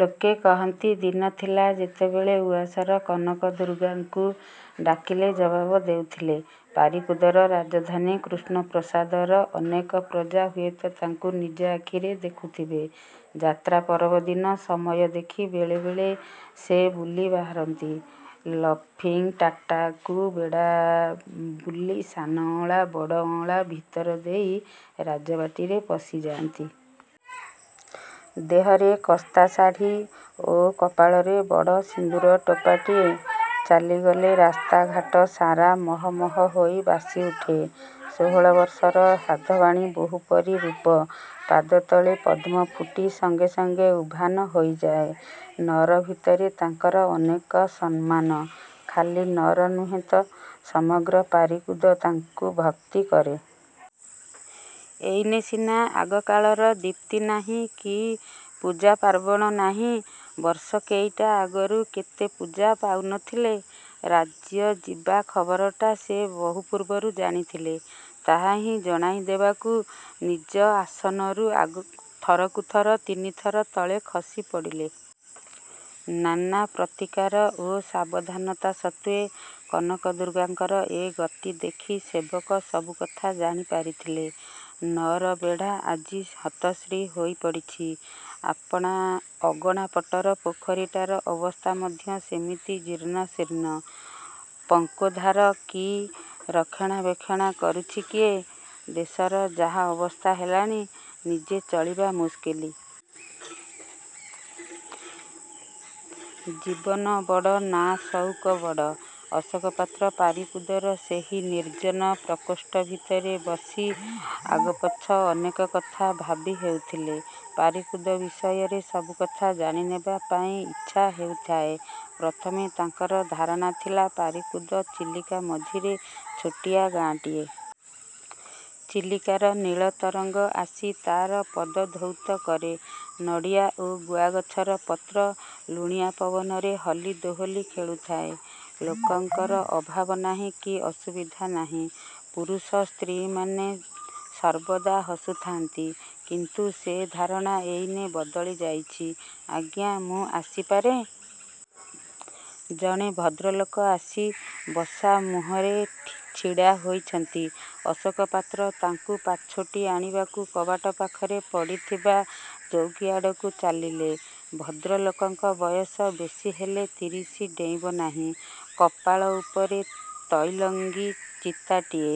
ଲୋକେ କହନ୍ତି, ଦିନ ଥିଲା ଯେତେବେଳେ ଉଆସର କନକଦୁର୍ଗାଙ୍କୁ ଡାକିଲେ ଜବାବ ଦେଉଥିଲେ। ପାରୀକୁଦର ରାଜଧାନୀ କୃଷ୍ଣପ୍ରସାଦର ଅନେକ ପ୍ରଜା ହୁଏତ ତାଙ୍କୁ ନିଜ ଆଖିରେ ଦେଖିଥିବେ। ଯାତ୍ରା ପରବ ଦିନ ସମୟ ଦେଖି ବେଳେ ବେଳେ ସେ ବୁଲି ବାହାରନ୍ତି। 'ଲଫିଙ୍ଗ' ଗାଁଟାକୁ ବେଢ଼ାବୁଲି ସାନ ଅଅଁଳା, ବଡ଼ ଅଅଁଳା ଭିତର ଦେଇ ରାଜବାଟୀରେ ପଶିଯାନ୍ତି। ଦେହରେ କସ୍ତା ଶାଢ଼ି ଓ କପାଳରେ ବଡ଼ ସିନ୍ଦୁର ଟୋପାଟିଏ। ଚାଲିଗଲେ ରାସ୍ତାଘାଟ ସାରା ମହ ମହ ହୋଇ ବାସି ଉଠେ। ଷୋହଳ ବର୍ଷର ସାଧବାଣୀ ବୋହୂପରି ରୂପ। ପାଦ ତଳେ ପଦ୍ମଫୁଟି ସଙ୍ଗେ ସଙ୍ଗେ ଉଭାନ ହୋଇଯାଏ। ନଅର ଭିତରେ ତାଙ୍କର ଅନେକ ସମ୍ମାନ, ଖାଲି ନଅର ନୁହେ ତ, ସମଗ୍ର ପାରିକୁଦ ତାଙ୍କୁ ଭକ୍ତି କରେ। ଏଇନେ ସିନା ଆଗକାଳର ଦୀପ୍ତି ନାହିଁ କି ପୂଜାପାର୍ବଣ ନାହିଁ, ବର୍ଷ କେଇଟା ଆଗରୁ କେତେ ପୂଜା ପାଉ ନଥିଲେ! ରାଜ୍ୟ ଯିବା ଖବରଟା ସେ ବହୁ ପୂର୍ବରୁ ଜାଣିଥିଲେ। ତାହାହିଁ ଜଣାଇ ଦେବାକୁ ନିଜ ଆସନରୁ ଥରକୁ ଥର ତିନିଥର ତଳେ ଖସି ପଡ଼ିଲେ। ନାନା ପ୍ରତିକାର ଓ ସାବଧାନତା ସତ୍ତ୍ୱେ କନକ ଦୁର୍ଗାଙ୍କର ଏ ଗତି ଦେଖି ସେବକ ସବୁକଥା ଜାଣି ପାରିଥିଲେ। ନଅରବେଢ଼ା ଆଜି ହତଶ୍ରୀ ହୋଇ ପଡ଼ିଛି। ଅଗଣାପଟର ପୋଖରୀଟାର ଅବସ୍ଥା ମଧ୍ୟ ସେମିତି ଜୀର୍ଣ୍ଣଶୀର୍ଣ୍ଣ। ପଙ୍କୋଦ୍ଧାର କି ରକ୍ଷଣାବେକ୍ଷଣ କରୁଛି କିଏ? ଦେଶର ଯାହା ଅବସ୍ଥା ହେଲାଣି, ନିଜେ ଚଳିବା ମୁଷ୍କିଲ। ଜୀବନ ବଡ଼ ନାଁ ସଉକ ବଡ଼? ଅଶୋକ ପାତ୍ର ପାରିକୁଦର ସେହି ନିର୍ଜନ ପ୍ରକୋଷ୍ଠ ଭିତରେ ବସି ଆଗପଛ ଅନେକ କଥା ଭାବି ହେଉଥିଲେ। ପାରିକୁଦ ବିଷୟରେ ସବୁକଥା ଜାଣିନେବା ପାଇଁ ଇଚ୍ଛା ହେଉଥାଏ। ପ୍ରଥମେ ତାଙ୍କର ଧାରଣା ଥିଲା, ପାରିକୁଦ ଚିଲିକା ମଝିରେ ଛୋଟିଆ ଗାଁଟିଏ। ଚିଲିକାର ନୀଳତରଙ୍ଗ ଆସି ତାର ପଦଧୌତ କରେ। ନଡ଼ିଆ ଓ ଗୁଆଗଛର ପତ୍ର ଲୁଣିଆ ପବନରେ ହଲି ଦୋହଲି ଖେଳୁଥାଏ। ଲୋକଙ୍କର ଅଭାବ ନାହିଁ କି ଅସୁବିଧା ନାହିଁ। ପୁରୁଷ ସ୍ତ୍ରୀମାନେ ସର୍ବଦା ହସୁଥାନ୍ତି। କିନ୍ତୁ ସେ ଧାରଣା ଏଇନେ ବଦଳି ଯାଇଛି। ଆଜ୍ଞା ମୁଁ ଆସିପାରେଁ? ଜଣେ ଭଦ୍ରଲୋକ ଆସି ବସାମୁହଁରେ ଛିଡ଼ା ହୋଇଛନ୍ତି। ଅଶୋକପାତ୍ର ତାଙ୍କୁ ପାଛୋଟି ଆଣିବାକୁ କବାଟ ପାଖରେ ପଡ଼ିଥିବା ଚୌକିଆଡ଼କୁ ଚାଲିଲେ। ଭଦ୍ରଲୋକଙ୍କ ବୟସ ବେଶୀ ହେଲେ ତିରିଶ ଡେଇଁବ ନାହିଁ। କପାଳ ଉପରେ ତୈଲଙ୍ଗୀ ଚିତାଟିଏ।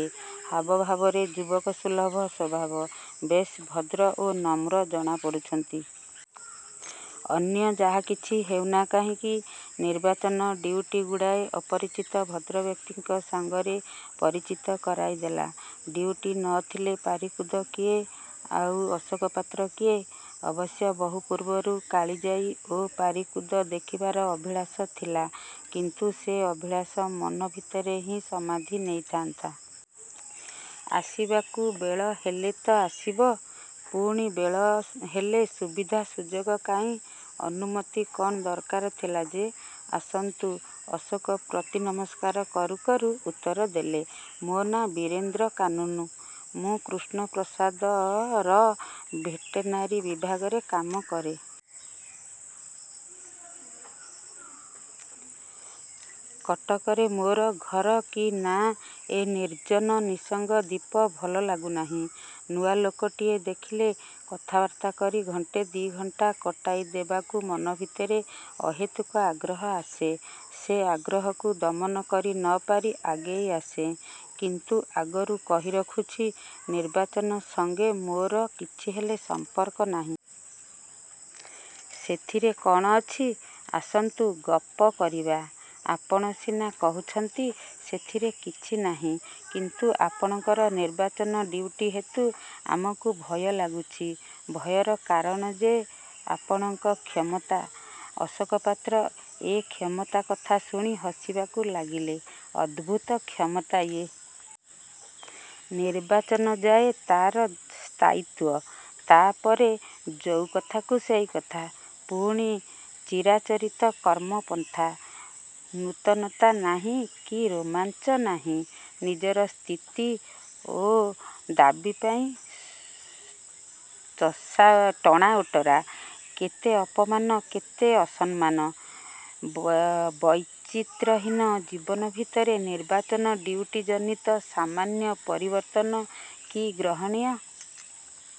ହାବଭାବରେ ଯୁବକ ସୁଲଭ ସ୍ୱଭାବ। ବେଶ୍ ଭଦ୍ର ଓ ନମ୍ର ଜଣାପଡ଼ୁଛନ୍ତି। ଅନ୍ୟ ଯାହାକିଛି ହେଉନା କାହିଁକି, ନିର୍ବାଚନ ଡ୍ୟୁଟି ଗୁଡ଼ାଏ ଅପରିଚିତ ଭଦ୍ରବ୍ୟକ୍ତିଙ୍କ ସଙ୍ଗରେ ପରିଚିତ କରାଇ ଦେଲା। ଡ୍ୟୁଟି ନଥିଲେ ପାରିକୁଦ କିଏ ଆଉ ଅଶୋକ ପାତ୍ର କିଏ? ଅବଶ୍ୟ ବହୁପୂର୍ବରୁ କାଳିଯାଈ ଓ ପାରିକୁଦ ଦେଖିବାର ଅଭିଳାସ ଥିଲା। କିନ୍ତୁ ସେ ଅଭିଳାଷ ମନ ଭିତରେ ହିଁ ସମାଧି ନେଇଥାନ୍ତା। ଆସିବାକୁ ବେଳ ହେଲେ ତ ଆସିବ? ପୁଣି ବେଳ ହେଲେ ସୁବିଧା ସୁଯୋଗ କାହିଁ? ଅନୁମତି କଣ ଦରକାର ଥିଲା ଯେ? ଆସନ୍ତୁ! ଅଶୋକ ପ୍ରତି ନମସ୍କାର କରୁ। କରୁ ଉତ୍ତର ଦେଲେ। ମୋ ନାଁ ବୀରେନ୍ଦ୍ର କାନୁନ୍ଗୋ। ମୁଁ କୃଷ୍ଣପ୍ରସାଦର ଭେଟେନାରୀ ବିଭାଗରେ କାମ କରେ। କଟକରେ ମୋର ଘର କିନାଁ, ଏ ନିର୍ଜନ, ନିଃସଙ୍ଗ ଦ୍ୱୀପ ଭଲ ଲାଗୁନାହିଁ। ନୂଆ ଲୋକଟିଏ ଦେଖିଲେ କଥାବାର୍ତ୍ତା କରି ଘଣ୍ଟେ ଦି'ଘଣ୍ଟା କଟାଇ ଦେବାକୁ ମନ ଭିତରେ ଅହେତୁକ ଆଗ୍ରହ ଆସେ। ସେ ଆଗ୍ରହକୁ ଦମନ କରି ନ ପାରି ଆଗେଇ ଆସେଁ। କିନ୍ତୁ ଆଗରୁ କହି ରଖୁଛି; ନିର୍ବାଚନ ସଙ୍ଗେ ମୋର କିଛିହେଲେ ସମ୍ପର୍କ ନାହିଁ। ସେଥିରେ କଣ ଅଛି? ଆସନ୍ତୁ ଗପ କରିବା। ଆପଣ ସିନା କହୁଛନ୍ତି ସେଥିରେ କିଛିନାହିଁ; କିନ୍ତୁ ଆପଣଙ୍କର ନିର୍ବାଚନ ଡ୍ୟୁଟି ହେତୁ ଆମକୁ ଭୟ ଲାଗୁଛି। ଭୟର କାରଣ ଯେ? ଆପଣଙ୍କ କ୍ଷମତା! ଅଶୋକ ପାତ୍ର ଏ 'କ୍ଷମତା' କଥା ଶୁଣି ହସିବାକୁ ଲାଗିଲେ। ଅଦ୍ଭୁତ କ୍ଷମତା ଇଏ! ନିର୍ବାଚନ ଯାଏ ତାର ସ୍ଥାୟିତ୍ୱ। ତା'ପରେ ଯୋଉ କଥାକୁ ସେହି କଥା। ପୁଣି ଚିରାଚରିତ କର୍ମପନ୍ଥା-। ନୂତନତା ନାହିଁ କି ରୋମାଞ୍ଚ ନାହିଁ। ନିଜର ସ୍ଥିତି ଓ ଦାବୀ ପାଇଁ ଟଣାଓଟରା। କେତେ ଅପମାନ, କେତେ ଅସମ୍ମାନ। ବୈଚିତ୍ରହୀନ ଜୀବନ ଭିତରେ ନିର୍ବାଚନ ଡ୍ୟୁଟିଜନିତ ସାମାନ୍ୟ ପରିବର୍ତ୍ତନ ବି ଗ୍ରହଣୀୟ।